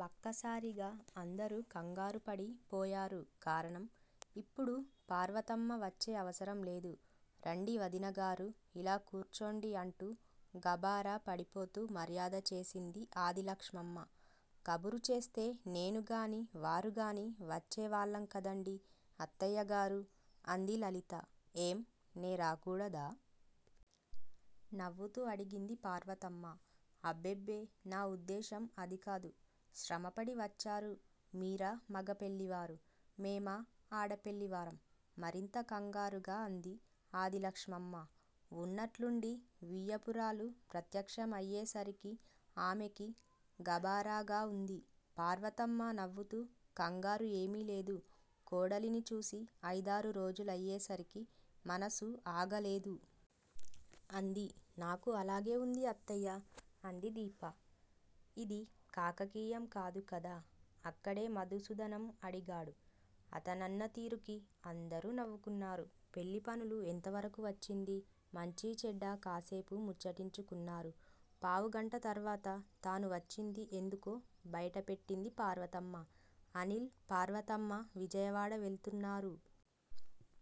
వక్కసారిగ అందరూ కంగారుపడి పోయారు కారణం. ఇప్పుడు పార్వతమ్మ వచ్చే అవసరం లేదు. రండి వదినగారూ! ఇలా కూర్చోండి. అంటూ గాభరా పడిపోతూ మర్యాద చేసింది ఆదిలక్ష్మమ్మ. కబురు చేస్తే నేనుగాని వారుగాని వచ్చే వాళ్ళం కదండీ అత్తయ్యగారూ. అంది లలిత. ఏం నే రాకూడదా! నవ్వుతూ అడిగింది పార్వతమ్మ. అబ్బెబ్బె నా వుద్దేశ్యం అదికాదు. శ్రమపడి వచ్చారు మీరా మగ పెళ్ళివారు, మేమా ఆడపెళ్ళి వారం. మరింత కంగారుగా అంది ఆదిలక్ష్మమ్మ వున్నట్లుండి వియ్యపురాలు ప్రత్యక్షమయ్యేసరికి ఆమెకి గభారాగా వుంది. పార్వతమ్మ నవ్వుతూ కంగారు ఏమీలేదు. కోడలిని చూసి అయిదారు రోజులయ్యేసరికి మనసు ఆగలేదు. అంది. నాకూ అలాగే వుంది అత్తయ్యా! అంది దీప. ఇది కాకకీయం కాదుకదా. అక్కడే మధుసూదనం అడిగాడు. అతనన్న తీరుకి అందరూ నవ్వుకున్నారు. పెళ్ళి పనులు ఎంతవరకు వచ్చింది. మంచీచెడ్డా కాసేపు ముచ్చటించుకున్నారు. పావుగంట తర్వాత తాను వచ్చింది ఎందుకో బైట పెట్టింది పార్వతమ్మ. అనిల్ పార్వతమ్మ విజయవాడ వెళుతున్నారు.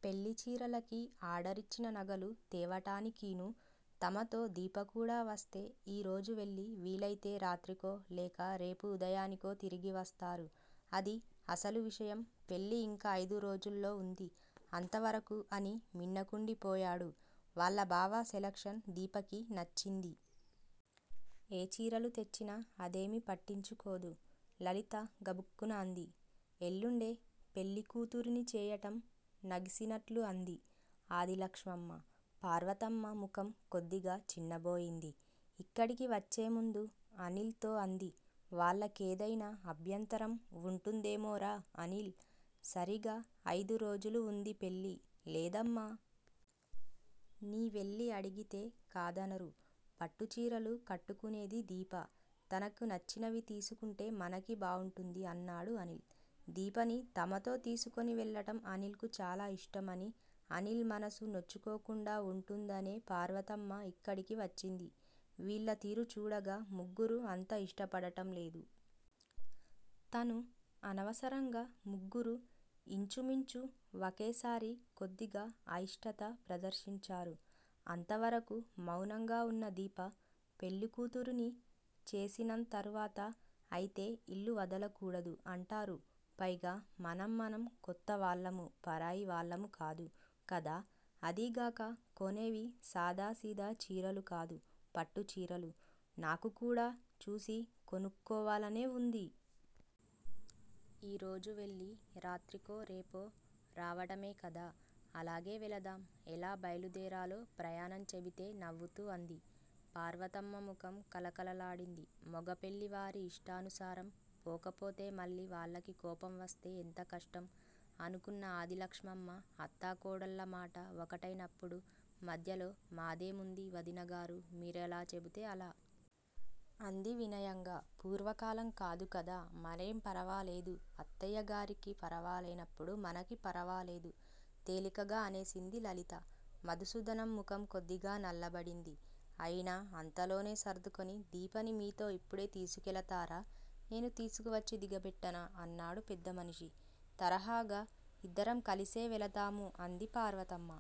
పెళ్ళి చీరలకి ఆర్డర్ ఇచ్చిన నగలు తేవటానికీను. తమతో దీప కూడా వస్తే ఈ రోజు వెళ్ళి వీలయితే రాత్రికో లేక రేపు ఉదయానికో తిరిగివస్తారు అదీ అసలు విషయం. పెళ్ళి ఇంకా అయిదు రోజుల్లో వుంది అంతవరకు అని మిన్నకుండిపోయాడు. వాళ్ళ బావ సెలక్షన్ దీపకి నచ్చింది. ఏ చీరలు తెచ్చినా అదేమీ పట్టించుకోదు లలిత గబుక్కున అంది. ఎళ్ళుండే పెళ్ళి కూతురిని చేయటం నసిగినట్లు అంది ఆదిలక్ష్మమ్మ. పార్వతమ్మ ముఖం కొద్దిగా చిన్నబోయింది. ఇక్కడికి వచ్చేముందు అనిల్ తో అంది. వాళ్ళకేదైనా అభ్యంతరం వుంటుందేమోరా అనీల్. సరీగ అయిదు రోజులువుంది పెళ్ళి. లేదమ్మా! నీవెళ్ళి అడిగితే కాదనరు పట్టుచీరలు కట్టుకునేది దీప తనకు నచ్చినవి తీసుకుంటే మనకి బాగుంటుంది. అన్నాడు అనిల్. దీపని తమతో తీసుకుని వెళ్ళటం అనిల్ కి చాలా ఇష్టం అని అనిల్ మనసు నొచ్చుకోకుండా వుంటుందనే పార్వతమ్మ ఇక్కడికి వచ్చింది వీళ్ళ తీరు చూడగా ముగ్గురు అంత ఇష్టపడటం లేదు. తను అనవసరంగ ముగ్గురు యించుమించు వకేసారి కొద్దిగ అయిష్టత ప్రదర్శించారు. అంతవరకు మౌనంగా వున్న దీప పెళ్ళికూతురుని చేసినం తరువాత అయితే ఇల్లు వదల కూడదు అంటారు. పైగా మనం మనం కొత్తవాళ్ళము పరాయి వాళ్ళము కాదు కదా! అదీగాక కొనేవి సాదా సీదా చీరలు కాదు పట్టుచీరలు, నాకు కూడా చూసి కొనుక్కోవాలనే వుంది. ఈరోజు వెళ్ళి రాత్రికో రేపో రావడమే కదా అలాగే వెళదాం. ఎలా బైలుదేరాలో ప్రయాణం చెబితే నవ్వుతూ అంది. పార్వతమ్మ ముఖం కళకళలాడింది. మొగ పెళ్ళివారి ఇష్టానుసారం పోకపోతే మళ్ళీ వాళ్ళకి కోపం వస్తే ఎంత కష్టం. అనుకున్న ఆదిలక్ష్మమ్మ అత్తా కోడళ్ళమాట వకటైనప్పుడు మధ్యలో మాదేముంది వదినగారూ మీరెలా చెబితే అలా. అంది వినయంగ. పూర్వకాలం కాదు కదా మరేం ఫరవాలేదు అత్తయ్యగారికి ఫరవాలేనప్పుడు మనకి ఫరవాలేదు. తేలికగా అనేసింది లలిత. మధుసూదనం ముఖం కొద్దిగా నల్లబడింది. అయినా అంతలోనే సర్దుకుని దీపని మీతో ఇప్పుడే తీసుకెళతారా? నేను తీసుకువచ్చి దిగబెట్టనా అన్నాడు పెద్దమనిషి తరహాగా. ఇద్దరం కలిసే వెళతాము అంది పార్వతమ్మ.